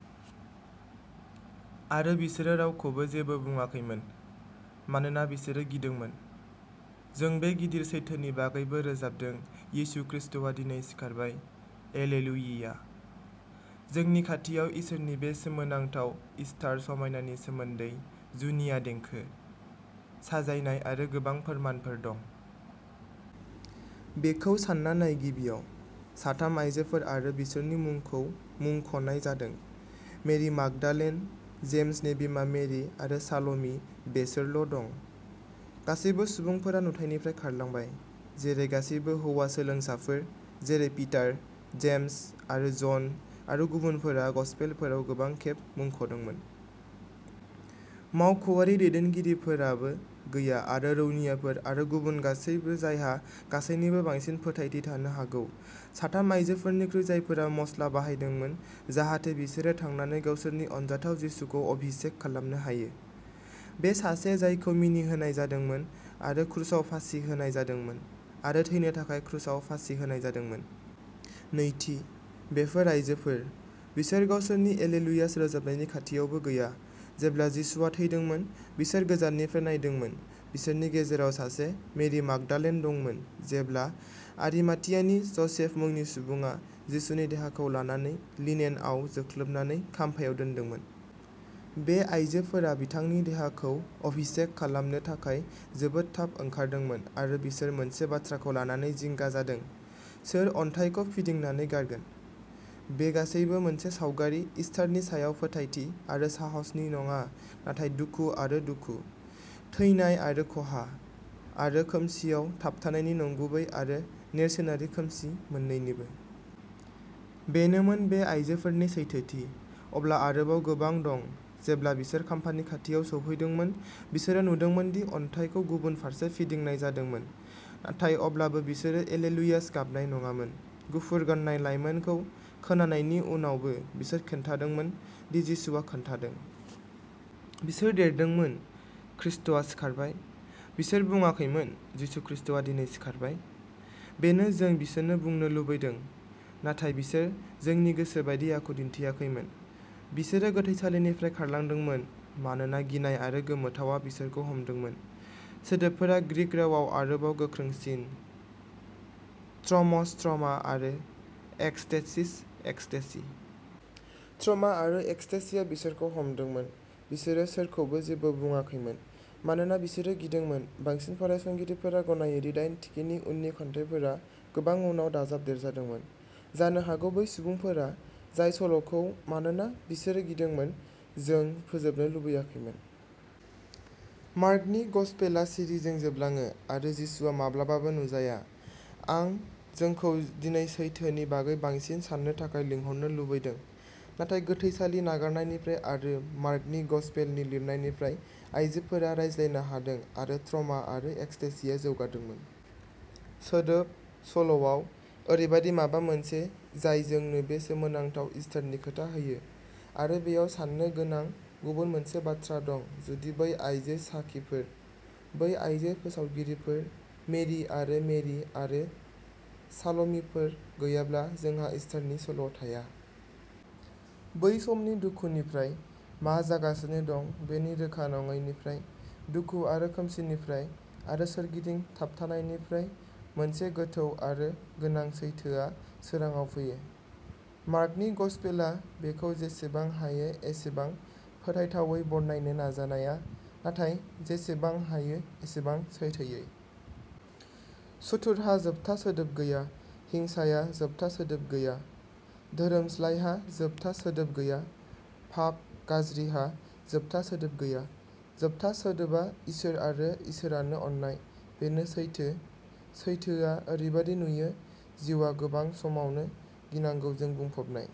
आरो बिसोरो रावखौबो जेबो बुङाखैमोन, मानोना बिसोरो गिदोंमोन। जों बे गिदिर सैथोनि बागैबो रोजाबदों यीशु खृष्टआ दिनै सिखारबाय, एलेलुयिया। जोंनि खाथियाव इसोरनि बे सोमोनांथाव इस्टार समायनानि सोमोन्दै जुनिया देंखो, साजायनाय आरो गोबां फोरमानफोर दं। बेखौ सानना नाय गिबियाव, साथाम आयजोफोर आरो बिसोरनि मुंखौ मुंख'नाय जादों, मेरि मागदालेन, जेम्सनि बिमा मेरि आरो साल'मि बेसोराल' दं। गासैबो सुबुंफोरा नुथाइनिफ्राय खारलांबाय, जेरै गासैबो हौवा सोलोंसाफोर जेरै पिटार, जेम्स आरो जन आरो गुबुनफोरा गस्पेलफोराव गोबां खेब मुंख'दोंमोन। मावख'आरि दैदेनगिरिफोराबो गैया आरो रौनियाफोर आरो गुबुन गासैबो जायहा गासैनिबो बांसिन फोथायथि थानो हागौ, साथाम आयजोफोरनिख्रुइ जायफोरा मस्ला बायदोंमोन जाहाथे बिसोरो थांनानै गावसोरनि अनजाथाव जिसुखौ अभिषेक खालामनो हायो, बे सासे जायखौ मिनिहोनाय जादोंमोन आरो क्रुसाव फासि होनाय जादोंमोन आरो थैनो थाखाय क्रुसाव फासि होनाय जादोंमोन। नैथि, बेफोर आयजोफोर। बिसोर गावसोरनि एलेलुयास रोजाबनायनि खाथियावबो गैया। जेब्ला जिसुआ थैदोंमोन, बिसोर गोजाननिफ्राय नायदोंमोन। बिसोरनि गेजेराव सासे, मेरि माग्दालेन, दंमोन जेब्ला आरिमाथियानि ज'सेफ मुंनि सुबुङा जिसुनि देहाखौ लानानै लिनेनआव जोख्लोबनानै खाम्फायाव दोनदोंमोन। बे आइजोफोरा बिथांनि देहाखौ अभिषेक खालामनो थाखाय जोबोद थाब ओंखारदोंमोन आरो बिसोर मोनसे बाथ्राखौ लानानै जिंगा जादों, सोर अन्थाइखौ फिदिंनानै गारगोन? बे गासैबो मोनसे सावगारि इस्टारनि सायाव फोथायथि आरो साहसनि नङा नाथाय दुखु आरो दुखु, थैनाय आरो खहा, आरो खोमसिआव थाबथानायनि नंगुबै आरो नेरसोनारि खोमसि मोन्नैनिबो। बेनोमोन बे आइजोफोरनि सैथोथि। अब्ला आरोबाव गोबां दं। जेब्ला बिसोरो खाम्फानि खाथियाव सौहैदोंमोन, बिसोरो नुदोंमोन दि अन्थाइखौ गुबुन फारसे फिदिंनाय जादोंमोन। नाथाय अब्लाबो, बिसोरो एलेलुयास गाबनाय नङामोन। गुफुर गान्नाय लाइमोनखौ खोनानायनि उनावबो बिसोर खोन्थादोंमोन दि जिसुआ खोन्थादों। बिसोर देरदोंमोन, खृष्टआ सिखारबाय! बिसोर बुङाखैमोन, जिसु ख्रीष्टआ दिनै सिखारबाय! बेनो जों बिसोर बुंनो लुबैदों, नाथाय बिसोर जोंनि गोसो बायदि आखु दिन्थियाखैमोन। बिसोरो गोथैसालिनिफ्राय खारलांदोंमोन मानोना गिनाय आरो गोमोथावआ बिसोरखौ हमदोंमोन। सोदोबफोरा ग्रीक रावाव आरोबाव गोख्रोंसिन ट्रम'स ट्रमा आरो एक्सटेसिस एक्सटेसि। ट्रमा आरो एक्सटेसिया बिसोरखौ हमदोंमोन। बिसोरो सोरखौबो जेबो बुंङाखैमोन, मानोना बिसोरो गिदोंमोन। बांसिन फरायसंगिरिफोरा गनायो दि दाइन थिखिनि उननि खन्थाइफोरा गोबां उनाव दाजाबदेरजादोंमोन, जानो हागौ बै सुबुंफोरा जाय सल'खौ मानोना बिसोरो गिदोंमोन जों फोजोबनो लुबैयाखैमोन। मार्कनि गसपेलआ सिरिजों जोबलाङो आरो जिसुआ माब्लाबाबो नुजाया। आं जोंखौ दिनै सैथोनि बागै बांसिन साननो थाखाय लिंहरनो लुबैदों। नाथाय गोथैसालि नागारनायनिफ्राय आरो मार्कनि गसपेलनि लिरनायनिफ्राय, आइजोफोरा रायज्लायनो हादोंमोन आरो ट्रमा आरो एक्सटेसिया जौगादोंमोन। सोदोब, सल'आव, ओरैबायदि माबा मोनसे जाय जोंनो बे सोमोनांथाव इस्टारनि खोथा होयो। आरो बेयाव साननो गोनां गुबुन मोनसे बाथ्रा दं जुदि बै आइजो साखिफोर, बै आइजो फोसावगिरिफोर, मेरि आरो मेरि आरो साल'मिफोर गैयाब्ला, जोंहा इस्टारनि सल'थाया। बै समनि दुखुनिफ्राय, मा जागासिनो दं बेनि रोखा नङैनिफ्राय, दुखु आरो खोमसिनिफ्राय आरो सोरगिदिं थाबथानायनिफ्राय, मोनसे गोथौ आरो गोनां सैथोआ सोराङाव फैयो। मार्कनि गसपेलआ बेखौ जेसेबां हायो एसेबां फोथायथावै बरनायनो नाजानाया, नाथाय जेसेबां हायो एसेबां सैथोयै। सुथुरहा जोबथा सोदोब गैया। हिंसाया जोबथा सोदोब गैया। धोरोमस्लायहा जोबथा सोदोब गैया। पाप, गाज्रिहा जोबथा सोदोब गैया। जोबथा सोदोबा इसोर आरो इसोरानो अननाय। बेनो सैथो। सैथोआ ओरैबादि नुयो जिउआ गोबां समावनो गिनांगौजों बुंफबनाय।